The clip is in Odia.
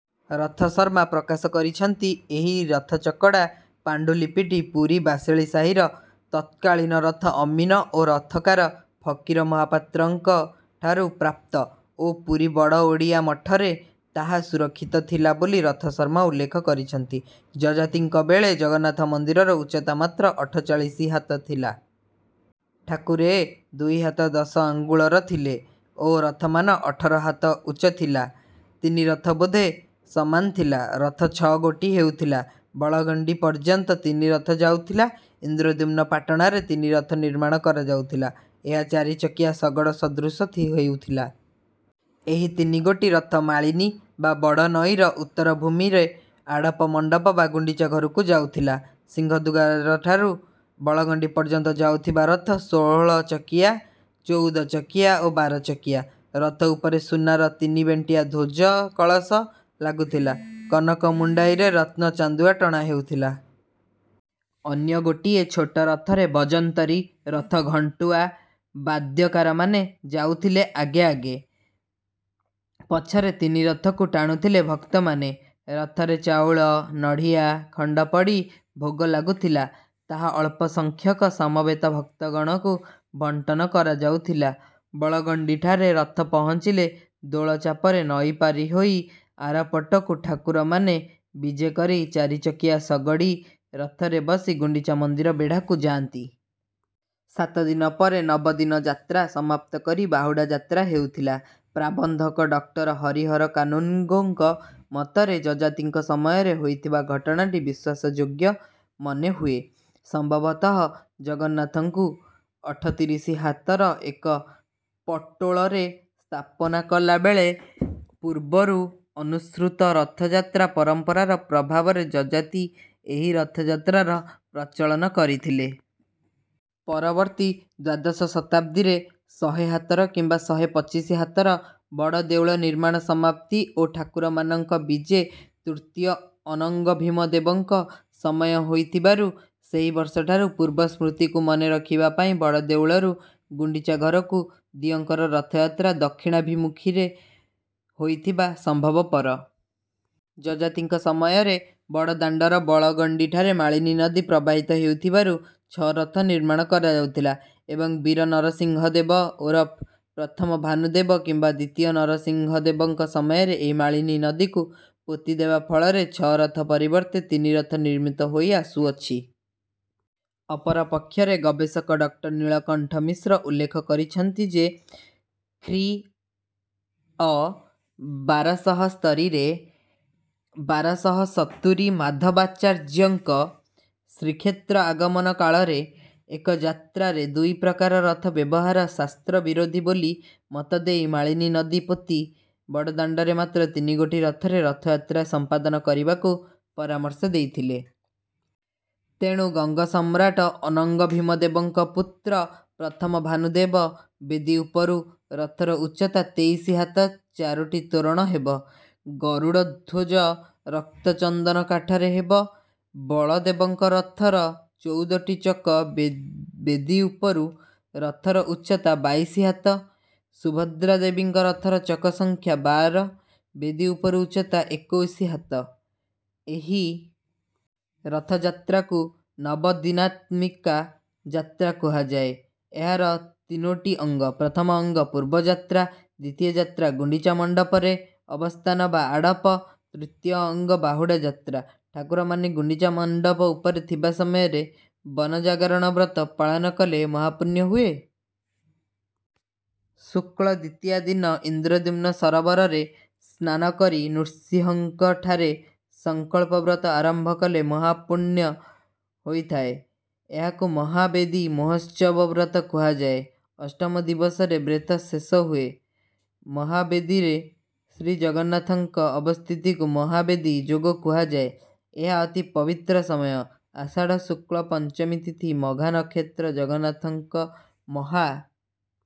ରଥଶର୍ମା ପ୍ରକାଶ କରିଛନ୍ତି। ଏହି ରଥଚକଡ଼ା ପାଣ୍ଡୁଲିପିଟି ପୁରୀ ବାସେଳି ସାହିର ତତ୍କାଳୀନ ରଥ ଅମୀନ ଓ ରଥକାର ଫକୀର ମହାପାତ୍ରଙ୍କଠାରୁ ପ୍ରାପ୍ତ ଓ ପୁରୀ ବଡ଼ ଓଡ଼ିଆ ମଠରେ ତାହା ସୁରକ୍ଷିତ ଥିଲା ବୋଲି ରଥଶର୍ମା ଉଲ୍ଲେଖ କରିଛନ୍ତି। ଯଯାତିଙ୍କ ବେଳେ ଜଗନ୍ନାଥ ମନ୍ଦିରର ଉଚ୍ଚତା ମାତ୍ର ଅଠଚାଳିଶି ହାତ ଥିଲା। ଠାକୁରେ ଦୁଇ ହାତ ଦଶ ଆଙ୍ଗୁଳର ଥିଲେ ଓ ରଥମାନ ଅଠର ହାତ ଉଚ୍ଚ ଥିଲା। ତିନି ରଥ ବୋଧେ ସମାନ ଥିଲା। ରଥ ଛଅଗୋଟି ହେଉଥିଲା। ବଳଗଣ୍ଡି ପର୍ଯ୍ୟନ୍ତ ତିନି ରଥ ଯାଉଥିଲା। ଇନ୍ଦ୍ରଦ୍ୟୁମ୍ନ ପାଟଣାରେ ତିନି ରଥ ନିର୍ମାଣ କରାଯାଉଥିଲା। ଏହା ଚାରିଚକିଆ ଶଗଡ଼ି ସଦୃଶ ହେଉଥିଲା। ଏହି ତିନିଗୋଟି ରଥ ମାଳିନୀ ବା ବଡ଼ନଈର ଉତ୍ତର ଭୂମିରେ ଆଡ଼ପ ମଣ୍ଡପ ବା ଗୁଣ୍ଡିଚା ଘରକୁ ଯାଉଥିଲା। ସିଂହଦ୍ୱାରଠାରୁ ବଳଗଣ୍ଡି ପର୍ଯ୍ୟନ୍ତ ଯାଉଥିବା ରଥ ଷୋହଳଚକିଆ, ଚଉଦଚକିଆ ଓ ବାରଚକିଆ। ରଥ ଉପରେ ସୁନାର ତିନିବେଣ୍ଟିଆ ଧ୍ୱଜ କଳସ ଲାଗୁଥିଲା। କନକ ମୁଣ୍ଡାଇରେ ରତ୍ନ ଚାନ୍ଦୁଆ ଟଣା ହେଉଥିଲା। ଅନ୍ୟ ଗୋଟିଏ ଛୋଟ ରଥରେ ବଜନ୍ତରି, ରଥ ଘଣ୍ଟୁଆ, ବାଦ୍ୟକାରମାନେ ଯାଉଥିଲେ ଆଗେ ଆଗେ। ପଛରେ ତିନି ରଥକୁ ଟାଣୁଥିଲେ ଭକ୍ତମାନେ। ରଥରେ ଚାଉଳ, ନଡ଼ିଆ ଖଣ୍ଡ ପଡ଼ି ଭୋଗ ଲାଗୁଥିଲା। ତାହା ଅଳ୍ପ ସଂଖ୍ୟକ ସମବେତ ଭକ୍ତଗଣଙ୍କୁ ବଣ୍ଟନ କରାଯାଉଥିଲା। ବଳଗଣ୍ଡିଠାରେ ରଥ ପହଞ୍ଚିଲେ ଦୋଳଚାପରେ ନଈ ପାରି ହୋଇ ଆରପଟକୁ ଠାକୁରମାନେ ବିଜେ କରି ଚାରିଚକିଆ ଶଗଡ଼ି ରଥରେ ବସି ଗୁଣ୍ଡିଚା ମନ୍ଦିର ବେଢ଼ାକୁ ଯାଆନ୍ତି। ସାତ ଦିନ ପରେ ନବଦିନ ଯାତ୍ରା ସମାପ୍ତ କରି ବାହୁଡ଼ା ଯାତ୍ରା ହେଉଥିଲା ପ୍ରାବନ୍ଧକ ଡକ୍ଟର ହରିହର କାନୁନ୍‌ଗୋଙ୍କ ମତରେ ଯଯାତିଙ୍କ ସମୟରେ ହୋଇଥିବା ଘଟଣାଟି ବିଶ୍ୱାସଯୋଗ୍ୟ ମନେହୁଏ। ସମ୍ଭବତଃ ଜଗନ୍ନାଥଙ୍କୁ ଅଠତିରିଶି ହାତର ଏକ ପଟୋଳରେ ସ୍ଥାପନା କଲା ବେଳେ ପୂର୍ବରୁ ଅନୁସୃତ ରଥଯାତ୍ରା ପରମ୍ପରାର ପ୍ରଭାବରେ ଯଯାତି ଏହି ରଥଯାତ୍ରାର ପ୍ରଚଳନ କରିଥିଲେ। ପରବର୍ତ୍ତୀ ଦ୍ୱାଦଶ ଶତାବ୍ଦୀରେ ଶହେ ହାତର କିମ୍ବା ଶହେ ପଚିଶି ହାତର ବଡ଼ଦେଉଳ ନିର୍ମାଣ ସମାପ୍ତି ଓ ଠାକୁରମାନଙ୍କ ବିଜେ ତୃତୀୟ ଅନଙ୍ଗଭୀମ ଦେବଙ୍କ ସମୟ ହୋଇଥିବାରୁ ସେହି ବର୍ଷଠାରୁ ପୂର୍ବ ସ୍ମୃତିକୁ ମନେ ରଖିବା ପାଇଁ ବଡ଼ଦେଉଳରୁ ଗୁଣ୍ଡିଚା ଘରକୁ ଦିଅଁଙ୍କର ରଥଯାତ୍ରା ଦକ୍ଷିଣାଭିମୁଖୀରେ ହୋଇଥିବା ସମ୍ଭବପର। ଯଯାତିଙ୍କ ସମୟରେ ବଡ଼ଦାଣ୍ଡର ବଳଗଣ୍ଡିଠାରେ ମାଳିନୀ ନଦୀ ପ୍ରବାହିତ ହେଉଥିବାରୁ ଛଅ ରଥ ନିର୍ମାଣ କରାଯାଉଥିଲା ଏବଂ ବୀର ନରସିଂହ ଦେବ ଓରଫ ପ୍ରଥମ ଭାନୁଦେବ କିମ୍ବା ଦ୍ୱିତୀୟ ନରସିଂହ ଦେବଙ୍କ ସମୟରେ ଏହି ମାଳିନୀ ନଦୀକୁ ପୋତି ଦେବା ଫଳରେ ଛଅ ରଥ ପରିବର୍ତ୍ତେ ତିନି ରଥ ନିର୍ମିତ ହୋଇ ଆସୁଅଛି। ଅପରପକ୍ଷରେ ଗବେଷକ ଡଃ ନୀଳକଣ୍ଠ ମିଶ୍ର ଉଲ୍ଲେଖ କରିଛନ୍ତି ଯେ, ଖ୍ରୀ.ଅ. ବାରଶହ ସ୍ତରୀରେ ବାରଶହସତୁରି ମାଧବାଚାର୍ଯ୍ୟଙ୍କ ଶ୍ରୀକ୍ଷେତ୍ର ଆଗମନ କାଳରେ ଏକ ଯାତ୍ରାରେ ଦୁଇ ପ୍ରକାର ରଥ ବ୍ୟବହାର ଶାସ୍ତ୍ର-ବିରୋଧୀ ବୋଲି ମତ ଦେଇ ମାଳିନୀ ନଦୀ ପୋତି ବଡ଼ଦାଣ୍ଡରେ ମାତ୍ର ତିନିଗୋଟି ରଥରେ ରଥଯାତ୍ରା ସମ୍ପାଦନ କରିବାକୁ ପରାମର୍ଶ ଦେଇଥିଲେ। ତେଣୁ ଗଙ୍ଗ ସମ୍ରାଟ ଅନଙ୍ଗ ଭୀମ ଦେବଙ୍କ ପୁତ୍ର ପ୍ରଥମ ଭାନୁଦେବ, ବେଦୀ ଉପରୁ ରଥର ଉଚ୍ଚତା ତେଇଶି ହାତ, ଚାରୋଟି ତୋରଣ ହେବ। ଗରୁଡ଼ଧ୍ୱଜ ରକ୍ତଚନ୍ଦନ କାଠରେ ହେବ। ବଳଦେବଙ୍କ ରଥର ଚଉଦଟି ଚକ, ବେଦୀ ଉପରୁ ରଥର ଉଚ୍ଚତା ବାଇଶି ହାତ। ସୁଭଦ୍ରା ଦେବୀଙ୍କ ରଥର ଚକ ସଂଖ୍ୟା ବାର, ବେଦୀ ଉପରୁ ଉଚ୍ଚତା ଏକୋଇଶି ହାତ। ଏହି ରଥଯାତ୍ରାକୁ ନବଦିନାତ୍ମିକା ଯାତ୍ରା କୁହାଯାଏ। ଏହାର ତିନୋଟି ଅଙ୍ଗ: ପ୍ରଥମ ଅଙ୍ଗ ପୂର୍ବ ଯାତ୍ରା, ଦ୍ୱିତୀୟ ଯାତ୍ରା ଗୁଣ୍ଡିଚା ମଣ୍ଡପରେ ଅବସ୍ଥାନ ବା ଆଡ଼ପ, ତୃତୀୟ ଅଙ୍ଗ ବାହୁଡ଼ା ଯାତ୍ରା। ଠାକୁରମାନେ ଗୁଣ୍ଡିଚା ମଣ୍ଡପ ଉପରେ ଥିବା ସମୟରେ ବନ ଜାଗରଣ ବ୍ରତ ପାଳନ କଲେ ମହାପୁଣ୍ୟ ହୁଏ। ଶୁକ୍ଳ ଦ୍ୱିତୀୟା ଦିନ ଇନ୍ଦ୍ରଦ୍ୟୁମ୍ନ ସରୋବରରେ ସ୍ନାନ କରି ନୃସିଂହଙ୍କଠାରେ ସଂକଳ୍ପ ବ୍ରତ ଆରମ୍ଭ କଲେ ମହାପୁଣ୍ୟ ହୋଇଥାଏ। ଏହାକୁ ମହାବେଦୀ ମହୋତ୍ସବ ବ୍ରତ କୁହାଯାଏ। ଅଷ୍ଟମ ଦିବସରେ ବ୍ରତ ଶେଷ ହୁଏ। ମହାବେଦୀରେ ଶ୍ରୀଜଗନ୍ନାଥଙ୍କ ଅବସ୍ଥିତିକୁ ମହାବେଦୀ ଯୋଗ କୁହାଯାଏ। ଏହା ଅତି ପବିତ୍ର ସମୟ। ଆଷାଢ଼ ଶୁକ୍ଳ ପଞ୍ଚମୀ ତିଥି, ମଘା ନକ୍ଷତ୍ର, ଜଗନ୍ନାଥଙ୍କ ମହା...